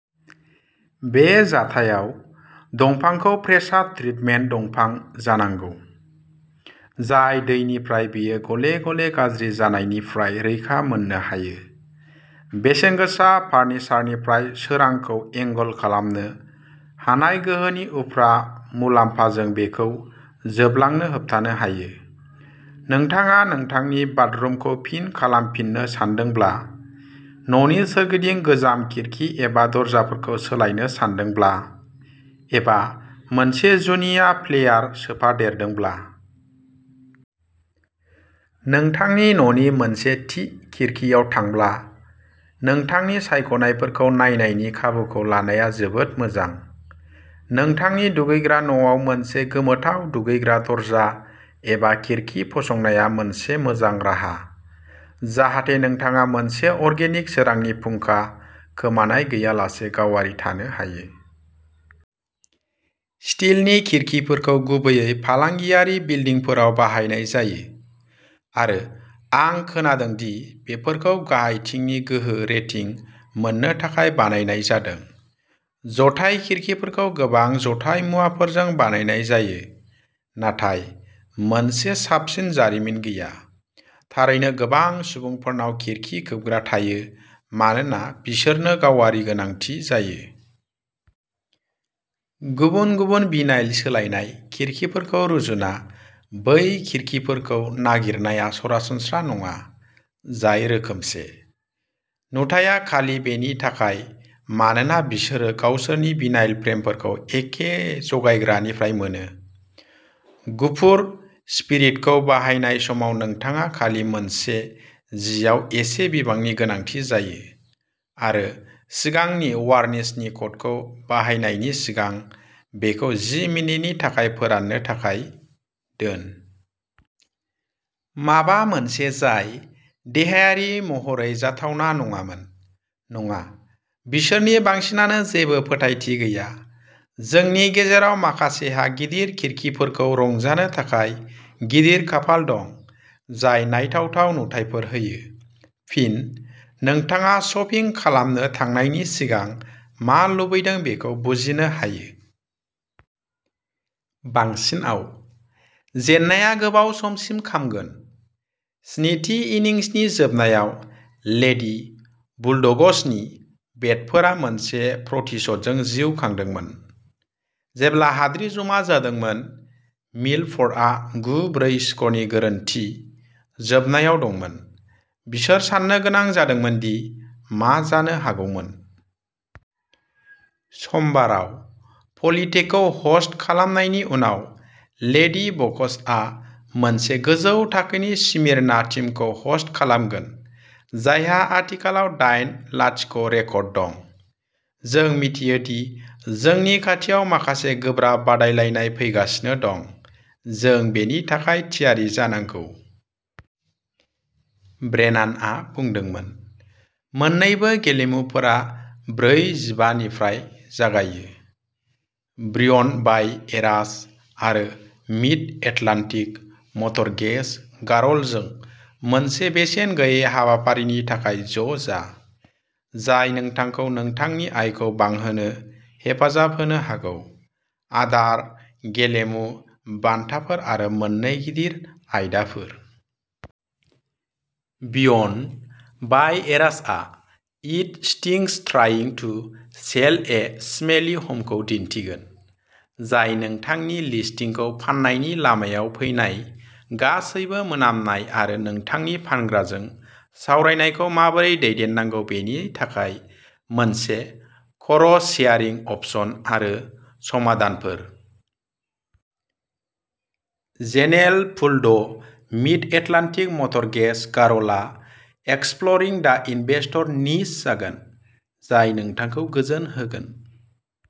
बे जाथायाव, दंफांखौ प्रेसार ट्रिटमेन्ट दंफां जानांगौ, जाय दैनिफ्राय बेयो गले गले गाज्रि जानायनिफ्राय रैखा मोननो हायो। बेसेनगोसा फारनिचारनिफ्राय सोरांखौ एंगल खालामनो हानाय गोहोनि उफ्रा मुलामफाजों बेखौ जोबलांनो होबथानो हायो। नोंथाङा नोंथांनि बाथरुमखौ फिन खालामफिननो सानदोंब्ला, न'नि सोरगिदिं गोजाम खिरखि एबा दरजाफोरखौ सोलायनो सानदोंब्ला, एबा मोनसे जुनिया फ्लेयार सोफादेरदोंब्ला। नोंथांनि न'नि मोनसे थि खिरखिआव थांब्ला, नोंथांनि सायख'नायफोरखौ नायनायनि खाबुखौ लानाया जोबोद मोजां। नोंथांनि दुगैग्रा न'आव मोनसे गोमोथाव दुगैग्रा दरजा एबा खिरखि फसंनाया मोनसे मोजां राहा, जाहाथे नोंथाङा मोनसे अरगेनिक सोरांनि फुंखा खोमानाय गैयालासे गावारि थानो हायो। स्टिलनि खिरखिफोरखौ गुबैयै फालांगियारि बिलडिंफोराव बाहायनाय जायो, आरो आं खोनादों दि बेफोरखौ गाहायथिंनि गोहो रेटिं मोननो थाखाय बानायनाय जादों। जथाय खिरखिफोरखौ गोबां जथाय मुवाफोरजों बानायनाय जायो। नाथाय मोनसे साबसिन जारिमिन गैया। थारैनो गोबां सुबुंफोरनाव खिरखि खोबग्रा थायो मानोना बिसोरनो गावारि गोनांथि जायो। गुबुन-गुबुन भिनाइल सोलायनाय खिरखिफोरखौ रुजुना बै खिरखिफोरखौ नागिरनाया सरासनस्रा नङा, जाय रोखोमसे। नुथाइया खालि बेनि थाखाय मानोना बिसोरो गावसोरनि भिनाइल फ्रेमफोरखौ एखे जगायग्रानिफ्राय मोनो। गुफुर स्पिरिटखौ बाहायनाय समाव नोंथाङा खालि मोनसे जिआव एसे बिबांनि गोनांथि जायो, आरो सिगांनि वारनिशनि कटखौ बाहायनायनि सिगां बेखौ जि मिनिटनि थाखाय फोराननो थाखाय दोन। माबा मोनसे जाय देहायारि महरै जाथावना नङामोन। नङा, बिसोरनि बांसिनानो जेबो फोथायथि गैया। जोंनि गेजेराव माखासेहा गिदिर खिरखिफोरखौ रंजानो थाखाय गिदिर खाफाल दं जाय नायथावना नुथायफोर होयो। फिन, नोंथाङा शपिं खालामनो थांनायनि सिगां मा लुबैदों बेखौ बुजिनो हायो। बांसिनआव। जेननाया गोबाव समसिम खामगोन। स्निथि इनिंसनि जोबनायाव लेडी बुलड'गसनि बेटफोरा मोनसे प्रतिशोधजों जिउ खांदोंमोन। जेब्ला हाद्रि जमा जादोंमोन, मिलफर्डआ गु-ब्रै स्क'रनि गोरोन्थि जोबनायाव दंमोन। बिसोर साननो गोनां जादोंमोन दि मा जानो हागौमोन। समबाराव पलिटेकखौ ह'स्ट खालामनायनि उनाव लेडी बकसआ मोनसे गोजौ थाखोनि स्मिरना टीमखौ ह'स्ट खालामगोन, जायहा आथिखालाव दाइन-लाथिख' रेकर्ड दं। जों मिथियो दि जोंनि खाथियाव माखासे गोब्राब बादायलायनाय फैगासिनो दं, जों बेनि थाखाय थियारि जानांगौ। ब्रेनानआ बुंदोंमोन। मोननैबो गेलेमुफोरा ब्रै:जिबा निफ्राय जागायो। बिय'न्ड बाय एरास आरो मिड एटलान्टिक मरटगेज गारलजों मोनसे बेसेन गैयै हाबाफारिनि थाखाय ज'जा, जाय नोंथांखौ नोंथांनि आयखौ बांहोनो हेफाजाब होनो हागौ! आदार, गेलेमु, बान्थाफोर, आरो मोन्नै गिदिर आयदाफोर। बिय'नड बाय एरासआ it stinks trying to sell a smelly home खौ दिन्थिगोन। जाय नोंथांनि लिस्टिंखौ फाननायनि लामायाव फैनाय गासैबो मोनामनाय आरो नोंथांनि फानग्राजों सावरायनायखौ माबोरै दैदेननांगौ बेनि थाखाय मोनसे क'रस सेयारिं अपशन आरो समाधानफोर। General Poole the' Mid Atlantic Mortgage गारलआ एक्सप्ल'रिं दा इनभेस्टर निच जागोन। जाय नोंथांखौ गोजोन होगोन।